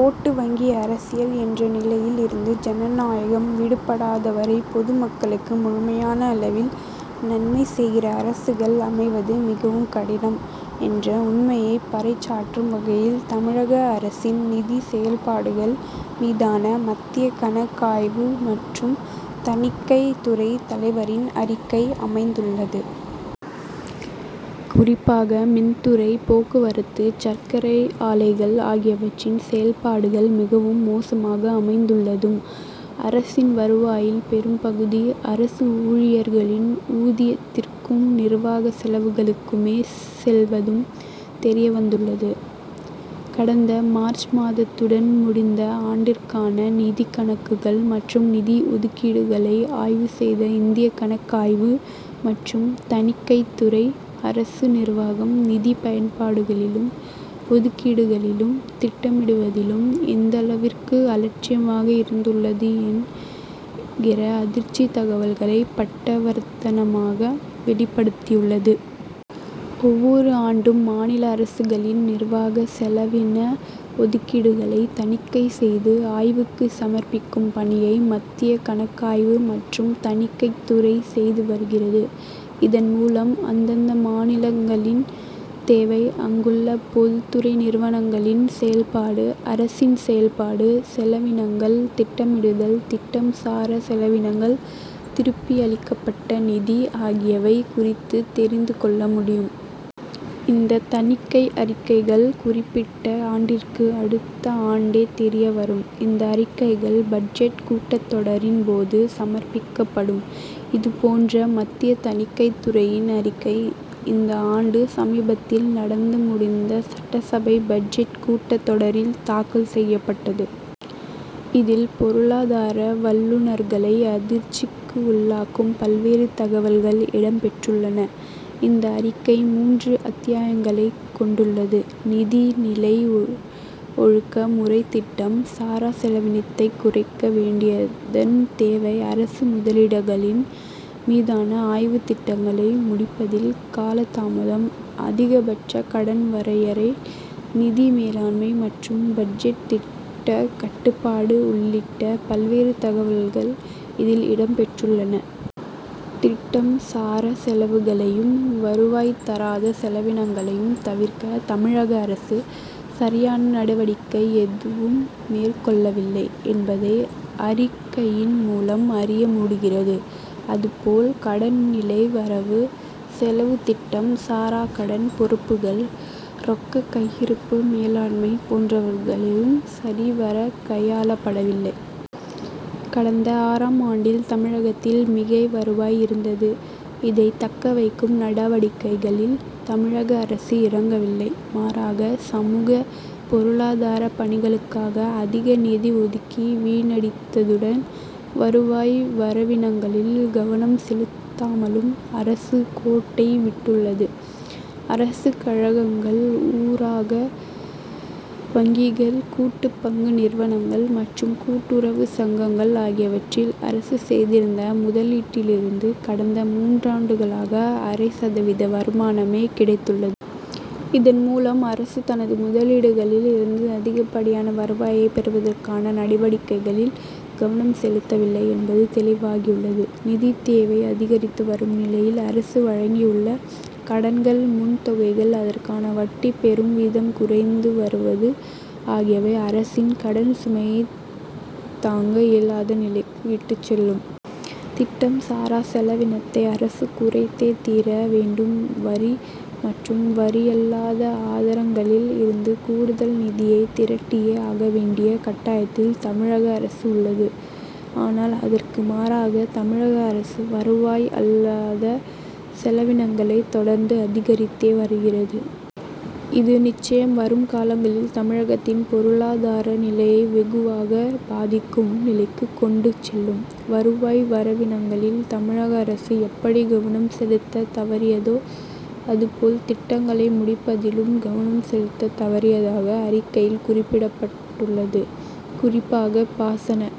ஓட்டு வங்கி அரசியல் என்ற நிலையில் இருந்து ஜனநாயகம் விடுபடாத வரை பொதுமக்களுக்கு முழுமையான அளவில் நன்மை செய்கிற அரசுகள் அமைவது மிகவும் கடினம் என்ற உண்மையை பறைசாற்றும் வகையில் தமிழக அரசின் நிதி செயல்பாடுகள் மீதான மத்திய கணக் காய்வு மற்றும் தணிக்கைத் துறை தலைவரின் அறிக்கை அமைந் துள்ளது. குறிப்பாக, மின்துறை, போக்குவரத்து, சர்க்கரை ஆலைகள் ஆகியவற்றின் செயல்பாடுகள் மிகவும் மோசமாக அமைந்துள்ளதும் அரசின் வருவாயில் பெரும்பகுதி அரசு ஊழியர்களின் ஊதியத் திற்கும் நிர்வாக செலவுகளுக்குமே செல்வதும் தெரியவந்துள்ளது. கடந்த மார்ச் மாதத்துடன் முடிந்த ஆண்டிற்கான நிதிக் கணக்குகள் மற்றும் நிதி ஒதுக்கீடுகளை ஆய்வு செய்த இந்திய கணக்காய்வு மற்றும் தணிக்கைத்துறை, அரசு நிர்வாகம், நிதி பயன்பாடுகளிலும், ஒதுக்கீடுகளிலும் திட்டமிடுவதிலும் எந்தளவிற்கு அலட்சியமாக இருந்துள்ளது என் கிற அதிர்ச்சி தகவல்களை பட்டவர்த்தனமாக வெளிப்படுத்தியுள்ளது. ஒவ்வொரு ஆண்டும் மாநில அரசுகளின் நிர்வாக செலவின ஒதுக்கீடுகளை தணிக்கை செய்து ஆய்வுக்கு சமர்ப்பிக்கும் பணியை மத்திய கணக்காய்வு மற்றும் தணிக்கைத்துறை செய்து வருகிறது. இதன் மூலம் அந்தந்த மாநிலங் களின் தேவை, அங்குள்ள பொதுத் துறை நிறுவனங்களின் செயல் பாடு, அரசின் செயல்பாடு, செலவினங்கள், திட்டமிடுதல், திட்டம் சாரா செலவினங்கள், திருப்பியளிக்கப்பட்ட நிதி ஆகியவை குறித்து தெரிந்து கொள்ள முடியும். இந்த தணிக்கை அறிக்கைகள் குறிப்பிட்ட ஆண்டிற்கு அடுத்த ஆண்டே தெரிய வரும். இந்த அறிக்கைகள் பட்ஜெட் கூட்டத் தொடரின் போது சமர்ப்பிக்கப் படும். இது போன்ற மத்திய தணிக்கைத் துறையின் அறிக்கை இந்த ஆண்டு, சமீபத்தில் நடந்து முடிந்த சட்டசபை பட்ஜெட் கூட்டத் தொடரில் தாக்கல் செய்யப்பட்டது. இதில் பொருளாதார வல்லுனர்களை அதிர்ச்சிக்கு உள்ளாக்கும் பல்வேறு தகவல்கள் இடம் பெற்றுள்ளன. இந்த அறிக்கை மூன்று அத்தியாயங்களை கொண் டுள்ளது. நிதி நிலை ஒழுக்க முறை திட்டம் சாரா செலவினத்தை குறைக்க வேண்டியதன் தேவை அரசு முதலீடுகளின் மீதான ஆய்வு திட்டங்களை முடிப்பதில் காலதாமதம் அதிகபட்ச கடன் வரையறை; நிதி மேலாண்மை மற்றும் பட்ஜெட் திட்ட கட்டுப்பாடு உள் ளிட்ட பல்வேறு தகவல்கள் இதில் இடம் பெற்றுள்ளன. திட்டம் சாரா செலவுகளையும், வருவாய் தராத செலவினங்களையும் தவிர்க்க தமிழக அரசு, சரியான நடவடிக்கை எதுவும் மேற் கொள்ளவில்லை என்பதை, அறிக் கையின் மூலம் அறிய முடிகிறது. அது போல், கடன் நிலை வரவு செலவு திட்டம் சாரா கடன் பொறுப்புகள் ரொக்க கையிருப்பு மேலாண்மை போன்றவைகளும் சரி வர கையாளப்படவில்லை. கடந்த ஆறு ஆம் ஆண்டில், தமிழகத்தில் மிகை வருவாய் இருந்தது. இதை தக்க வைக்கும் நடவடிக்கைகளில் தமிழக அரசு இறங்கவில்லை. மாறாக, சமூக, பொருளாதாரப் பணிகளுக்காக அதிக நிதி ஒதுக்கி வீணடித்ததுடன், வருவாய் வரவினங்களில் கவனம் செலுத்தாமலும் அரசு கோட்டை விட்டுள்ளது. அரசு கழகங்கள் ஊரக வங்கிகள் கூட்டு பங்கு நிறுவனங்கள் மற்றும் கூட்டுறவு சங்கங்கள் ஆகியவற்றில் அரசு செய்திருந்த முதலீட்டிலிருந்து கடந்த மூன்றாண்டுகளாக அரை சதவீத வருமானமே கிடைத்துள்ளது. இதன் மூலம் அரசு, தனது முதலீடுகளில் இருந்து அதிகப்படியான வருவாயை பெறுவதற்கான நடவடிக்கைகளில் கவனம் செலுத்தவில்லை என்பது தெளிவாகியுள்ளது. நிதித் தேவை அதிகரித்து வரும் நிலையில் அரசு வழங்கியுள்ள கடன்கள் முன் தொகைகள், அதற்கான வட்டி பெறும் வீதம் குறைந்து வருவது ஆகியவை அரசின் கடன் சுமையை தாங்க இயலாத நிலைக்கு இட்டு செல்லும். திட்டம் சாரா செலவினத்தை அரசு குறைத்தே தீர வேண்டும் வரி மற்றும் வரியல்லாத ஆதாரங் களில் இருந்து கூடுதல் நிதியை திரட்டியே ஆக வேண்டிய கட்டாயத்தில் தமிழக அரசு உள்ளது. ஆனால், அதற்கு மாறாக தமிழக அரசு வருவாய் அல்லாத செலவினங்களை தொடர்ந்து அதிகரித்தே வருகிறது. இது நிச்சயம் வரும் காலங்களில் தமிழகத்தின் பொருளாதார நிலையை வெகுவாக பாதிக்கும் நிலைக்கு கொண்டு செல்லும். வருவாய் வரவினங்களில் தமிழக அரசு எப்படி கவனம் செலுத்த தவறியதோ அதுபோல் திட்டங்களை முடிப்பதிலும் கவனம் செலுத்த தவறியதாக அறிக்கையில் குறிப்பிடப்பட் டுள்ளது. குறிப்பாக பாசன